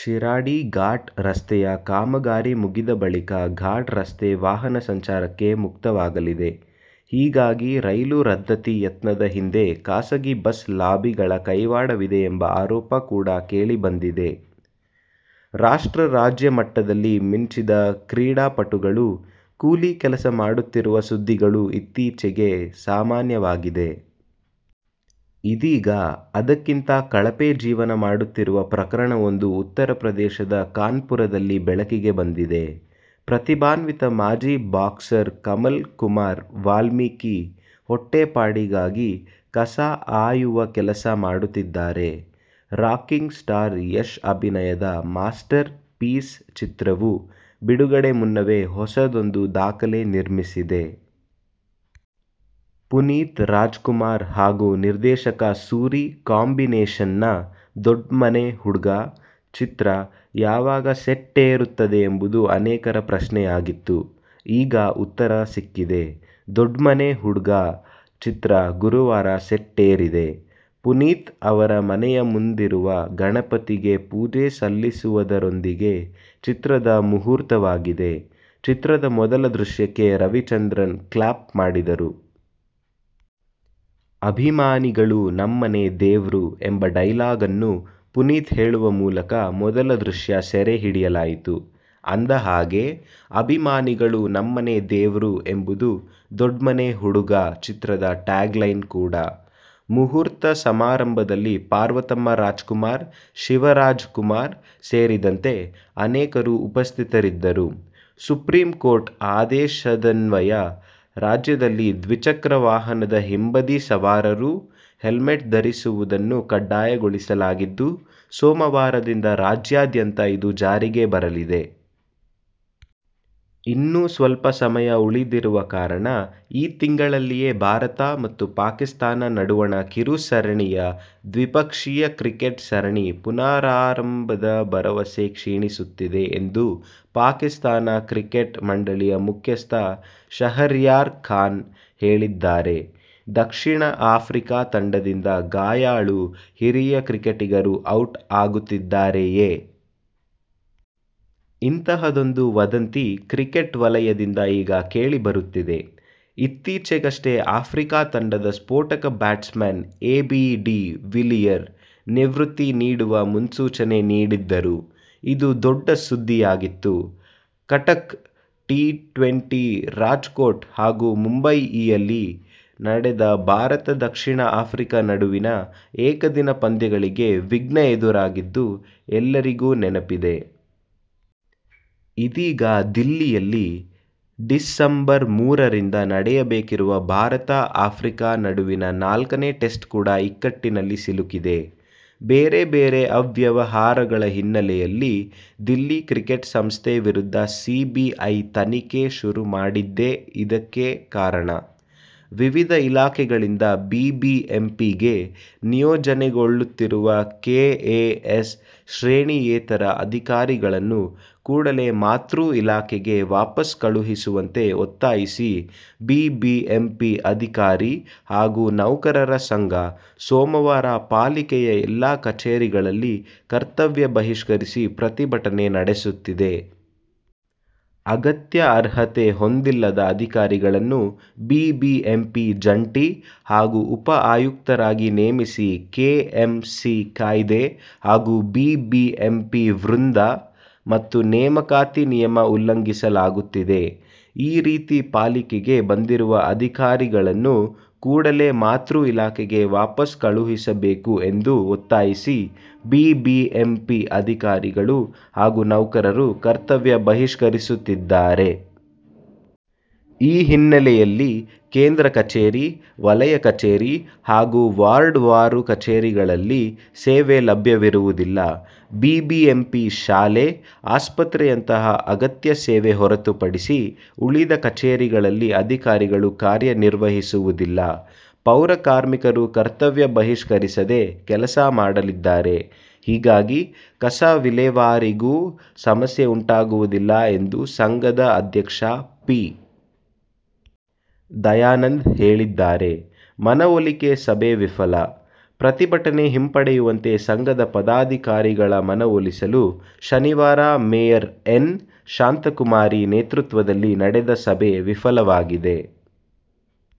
ಶಿರಾಡಿ ಘಾಟ್ ರಸ್ತೆಯ ಕಾಮಗಾರಿ ಮುಗಿದ ಬಳಿಕ ಘಾಟ್ ರಸ್ತೆ ವಾಹನ ಸಂಚಾರಕ್ಕೆ ಮುಕ್ತವಾಗಲಿದೆ. ಹೀಗಾಗಿ ರೈಲು ರದ್ಧತಿ ಯತ್ನದ ಹಿಂದೆ ಖಾಸಗಿ ಬಸ್ ಲಾಬಿಗಳ ಕೈವಾಡವಿದೆ ಎಂಬ ಆರೋಪ ಕೂಡ ಕೇಳಿಬಂದಿದೆ. ರಾಷ್ಟ್ರ, ರಾಜ್ಯ ಮಟ್ಟದಲ್ಲಿ ಮಿಂಚಿದ ಕ್ರೀಡಾ ಪಟುಗಳು ಕೂಲಿ ಕೆಲಸ ಮಾಡುತ್ತಿರುವ ಸುದ್ದಿಗಳು ಇತ್ತೀಚೆಗೆ ಸಾಮಾನ್ಯವಾಗಿದೆ. ಇದೀಗ ಅದಕ್ಕಿಂತ ಕಳಪೆ ಜೀವನ ಮಾಡುತ್ತಿರುವ ಪ್ರಕರಣವೊಂದು ಉತ್ತರಪ್ರದೇಶದ ಕಾನ್ಪುರದಲ್ಲಿ ಬೆಳಕಿಗೆ ಬಂದಿದೆ. ಪ್ರತಿಭಾನ್ವಿತ ಮಾಜಿ ಬಾಕ್ಸರ್ ಕಮಲ್ ಕುಮಾರ್ ವಾಲ್ಮೀಕಿ ಹೊಟ್ಟೆ ಪಾಡಿಗಾಗಿ ಕಸ ಆಯುವ ಕೆಲಸ ಮಾಡುತ್ತಿದ್ದಾರೆ. ರಾಕಿಂಗ್ ಸ್ಟಾರ್ ಯಶ್ ಅಭಿನಯದ ಮಾಸ್ಟರ್ ಪೀಸ್ ಚಿತ್ರವು ಬಿಡುಗಡೆ ಮುನ್ನವೇ ಹೊಸದೊಂದು ದಾಖಲೆ ನಿರ್ಮಿಸಿದೆ. ಪುನೀತ್ ರಾಜ್ಕುಮಾರ್ ಹಾಗೂ ನಿರ್ದೇಶಕ ಸೂರಿ ಕಾಂಬಿನೇಶನ್ನ "ದೊಡ್ಮನೆ ಹುಡುಗ' ಚಿತ್ರ ಯಾವಾಗ ಸೆಟ್ಟೇರುತ್ತದೆ ಎಂಬುದು ಅನೇಕರ ಪ್ರಶ್ನೆಯಾಗಿತ್ತು. ಈಗ ಉತ್ತರ ಸಿಕ್ಕಿದೆ. "ದೊಡ್ಮನೆ ಹುಡುಗ' ಚಿತ್ರ ಗುರುವಾರ ಸೆಟ್ಟೇರಿದೆ. ಪುನೀತ್ ಅವರ ಮನೆಯ ಮುಂದಿರುವ ಗಣಪತಿಗೆ ಪೂಜೆ ಸಲ್ಲಿಸುವುದರೊಂದಿಗೆ ಚಿತ್ರದ ಮುಹೂರ್ತವಾಗಿದೆ. ಚಿತ್ರದ ಮೊದಲ ದೃಶ್ಯಕ್ಕೆ ರವಿಚಂದ್ರನ್ ಕ್ಲಾಪ್ ಮಾಡಿದರು. "ಅಭಿಮಾನಿಗಳು ನಮ್ಮನೆ ದೇವ್ರು' ಎಂಬ ಡೈಲಾಗನ್ನು ಪುನೀತ್ ಹೇಳುವ ಮೂಲಕ ಮೊದಲ ದೃಶ್ಯ ಸೆರೆ ಹಿಡಿಯಲಾಯಿತು. ಅಂದಹಾಗೆ, "ಅಭಿಮಾನಿಗಳು ನಮ್ಮನೆ ದೇವ್ರು' ಎಂಬುದು "ದೊಡ್ಮನೆ ಹುಡುಗ' ಚಿತ್ರದ ಟ್ಯಾಗ್ಲೈನ್ ಕೂಡಾ. ಮುಹೂರ್ತ ಸಮಾರಂಭದಲ್ಲಿ ಪಾರ್ವತಮ್ಮ ರಾಜ್ಕುಮಾರ್, ಶಿವರಾಜ್ ಕುಮಾರ್ ಸೇರಿದಂತೆ ಅನೇಕರು ಉಪಸ್ಥಿತರಿದ್ದರು. ಸುಪ್ರೀಂಕೋರ್ಟ್ ಆದೇಶದನ್ವಯ ರಾಜ್ಯದಲ್ಲಿ ದ್ವಿಚಕ್ರ ವಾಹನದ ಹಿಂಬದಿ ಸವಾರರೂ ಹೆಲ್ಮೆಟ್ ಧರಿಸುವುದನ್ನು ಕಡ್ಡಾಯಗೊಳಿಸಲಾಗಿದ್ದು, ಸೋಮವಾರದಿಂದ ರಾಜ್ಯಾದ್ಯಂತ ಇದು ಜಾರಿಗೆ ಬರಲಿದೆ. ಇನ್ನು ಸ್ವಲ್ಪ ಸಮಯ ಉಳಿದಿರುವ ಕಾರಣ ಈ ತಿಂಗಳಲ್ಲಿಯೇ ಭಾರತ ಮತ್ತು ಪಾಕಿಸ್ಥಾನ ನಡುವಣ ಕಿರು ಸರಣಿಯ ದ್ವಿಪಕ್ಷೀಯ ಕ್ರಿಕೆಟ್ ಸರಣಿ ಪುನರಾರಂಭದ ಭರವಸೆ ಕ್ಷೀಣಿಸುತ್ತಿದೆ ಎಂದು ಪಾಕಿಸ್ಥಾನ ಕ್ರಿಕೆಟ್ ಮಂಡಳಿಯ ಮುಖ್ಯಸ್ಥ ಶಹರ್ಯಾರ್ ಖಾನ್ ಹೇಳಿದ್ದಾರೆ. ದಕ್ಷಿಣ ಆಫ್ರಿಕಾ ತಂಡದಿಂದ ಗಾಯಾಳು ಹಿರಿಯ ಕ್ರಿಕೆಟಿಗರು ಔಟ್ ಆಗುತ್ತಿದ್ದಾರೆಯೇ? ಇಂತಹದೊಂದು ವದಂತಿ ಕ್ರಿಕೆಟ್ ವಲಯದಿಂದ ಈಗ ಕೇಳಿಬರುತ್ತಿದೆ. ಇತ್ತೀಚೆಗಷ್ಟೇ ಆಫ್ರಿಕಾ ತಂಡದ ಸ್ಫೋಟಕ ಬ್ಯಾಟ್ಸ್ಮನ್ ಎಬಿಡಿ ವಿಲಿಯರ್ ನಿವೃತ್ತಿ ನೀಡುವ ಮುನ್ಸೂಚನೆ ನೀಡಿದ್ದರು. ಇದು ದೊಡ್ಡ ಸುದ್ದಿಯಾಗಿತ್ತು. ಕಟಕ್ ಟಿ-ಟ್ವೆಂಟಿ, ರಾಜ್ಕೋಟ್ ಹಾಗೂ ಮುಂಬಯಿ ಯಲ್ಲಿ ನಡೆದ ಭಾರತ-ದಕ್ಷಿಣ ಆಫ್ರಿಕಾ ನಡುವಿನ ಏಕದಿನ ಪಂದ್ಯಗಳಿಗೆ ವಿಘ್ನ ಎದುರಾಗಿದ್ದು ಎಲ್ಲರಿಗೂ ನೆನಪಿದೆ. ಇದೀಗ ದಿಲ್ಲಿಯಲ್ಲಿ ಡಿಸಂಬರ್ ಮೂರರಿಂದ ನಡೆಯಬೇಕಿರುವ ಭಾರತ-ಆಫ್ರಿಕಾ ನಡುವಿನ ನಾಲ್ಕನೇ ಟೆಸ್ಟ್ ಕೂಡ ಇಕ್ಕಟ್ಟಿನಲ್ಲಿ ಸಿಲುಕಿದೆ. ಬೇರೆ ಬೇರೆ ಅವ್ಯವಹಾರಗಳ ಹಿನ್ನೆಲೆಯಲ್ಲಿ ದಿಲ್ಲಿ ಕ್ರಿಕೆಟ್ ಸಂಸ್ಥೆ ವಿರುದ್ಧ ಸಿಬಿಐ ತನಿಖೆ ಶುರು ಮಾಡಿದ್ದೇ ಇದಕ್ಕೆ ಕಾರಣ. ವಿವಿಧ ಇಲಾಖೆಗಳಿಂದ ಬಿಬಿಎಂಪಿಗೆ ನಿಯೋಜನೆಗೊಳ್ಳುತ್ತಿರುವ ಕೆಎಎಸ್ ಶ್ರೇಣಿಯೇತರ ಅಧಿಕಾರಿಗಳನ್ನು ಕೂಡಲೇ ಮಾತೃ ಇಲಾಖೆಗೆ ವಾಪಸ್ ಕಳುಹಿಸುವಂತೆ ಒತ್ತಾಯಿಸಿ ಬಿಬಿಎಂಪಿ ಅಧಿಕಾರಿ ಹಾಗೂ ನೌಕರರ ಸಂಘ ಸೋಮವಾರ ಪಾಲಿಕೆಯ ಎಲ್ಲಾ ಕಚೇರಿಗಳಲ್ಲಿ ಕರ್ತವ್ಯ ಬಹಿಷ್ಕರಿಸಿ ಪ್ರತಿಭಟನೆ ನಡೆಸುತ್ತಿದೆ. ಅಗತ್ಯ ಅರ್ಹತೆ ಹೊಂದಿಲ್ಲದ ಅಧಿಕಾರಿಗಳನ್ನು ಬಿಬಿಎಂಪಿ ಜಂಟಿ ಹಾಗೂ ಉಪ ಆಯುಕ್ತರಾಗಿ ನೇಮಿಸಿ ಕೆಎಂಸಿ ಕಾಯ್ದೆ ಹಾಗೂ ಬಿಬಿಎಂಪಿ ವೃಂದ ಮತ್ತು ನೇಮಕಾತಿ ನಿಯಮ ಉಲ್ಲಂಘಿಸಲಾಗುತ್ತಿದೆ. ಈ ರೀತಿ ಪಾಲಿಕೆಗೆ ಬಂದಿರುವ ಅಧಿಕಾರಿಗಳನ್ನು ಕೂಡಲೇ ಮಾತೃ ಇಲಾಖೆಗೆ ವಾಪಸ್ ಕಳುಹಿಸಬೇಕು ಎಂದು ಒತ್ತಾಯಿಸಿ ಬಿಬಿಎಂಪಿ ಅಧಿಕಾರಿಗಳು ಹಾಗೂ ನೌಕರರು ಕರ್ತವ್ಯ ಬಹಿಷ್ಕರಿಸುತ್ತಿದ್ದಾರೆ. ಈ ಹಿನ್ನೆಲೆಯಲ್ಲಿ ಕೇಂದ್ರ ಕಚೇರಿ, ವಲಯ ಕಚೇರಿ ಹಾಗೂ ವಾರ್ಡ್ವಾರು ಕಚೇರಿಗಳಲ್ಲಿ ಸೇವೆ ಲಭ್ಯವಿರುವುದಿಲ್ಲ. ಬಿಬಿಎಂಪಿ ಶಾಲೆ, ಆಸ್ಪತ್ರೆಯಂತಹ ಅಗತ್ಯ ಸೇವೆ ಹೊರತುಪಡಿಸಿ ಉಳಿದ ಕಚೇರಿಗಳಲ್ಲಿ ಅಧಿಕಾರಿಗಳು ಕಾರ್ಯನಿರ್ವಹಿಸುವುದಿಲ್ಲ. ಪೌರಕಾರ್ಮಿಕರು ಕರ್ತವ್ಯ ಬಹಿಷ್ಕರಿಸದೆ ಕೆಲಸ ಮಾಡಲಿದ್ದಾರೆ. ಹೀಗಾಗಿ ಕಸ ವಿಲೇವಾರಿಗೂ ಸಮಸ್ಯೆ ಉಂಟಾಗುವುದಿಲ್ಲ ಎಂದು ಸಂಘದ ಅಧ್ಯಕ್ಷ ಪಿ. ದಯಾನಂದ್ ಹೇಳಿದ್ದಾರೆ. ಮನವೊಲಿಕೆ ಸಭೆ ವಿಫಲ: ಪ್ರತಿಭಟನೆ ಹಿಂಪಡೆಯುವಂತೆ ಸಂಘದ ಪದಾಧಿಕಾರಿಗಳ ಮನವೊಲಿಸಲು ಶನಿವಾರ ಮೇಯರ್ ಎನ್. ಶಾಂತಕುಮಾರಿ ನೇತೃತ್ವದಲ್ಲಿ ನಡೆದ ಸಭೆ ವಿಫಲವಾಗಿದೆ.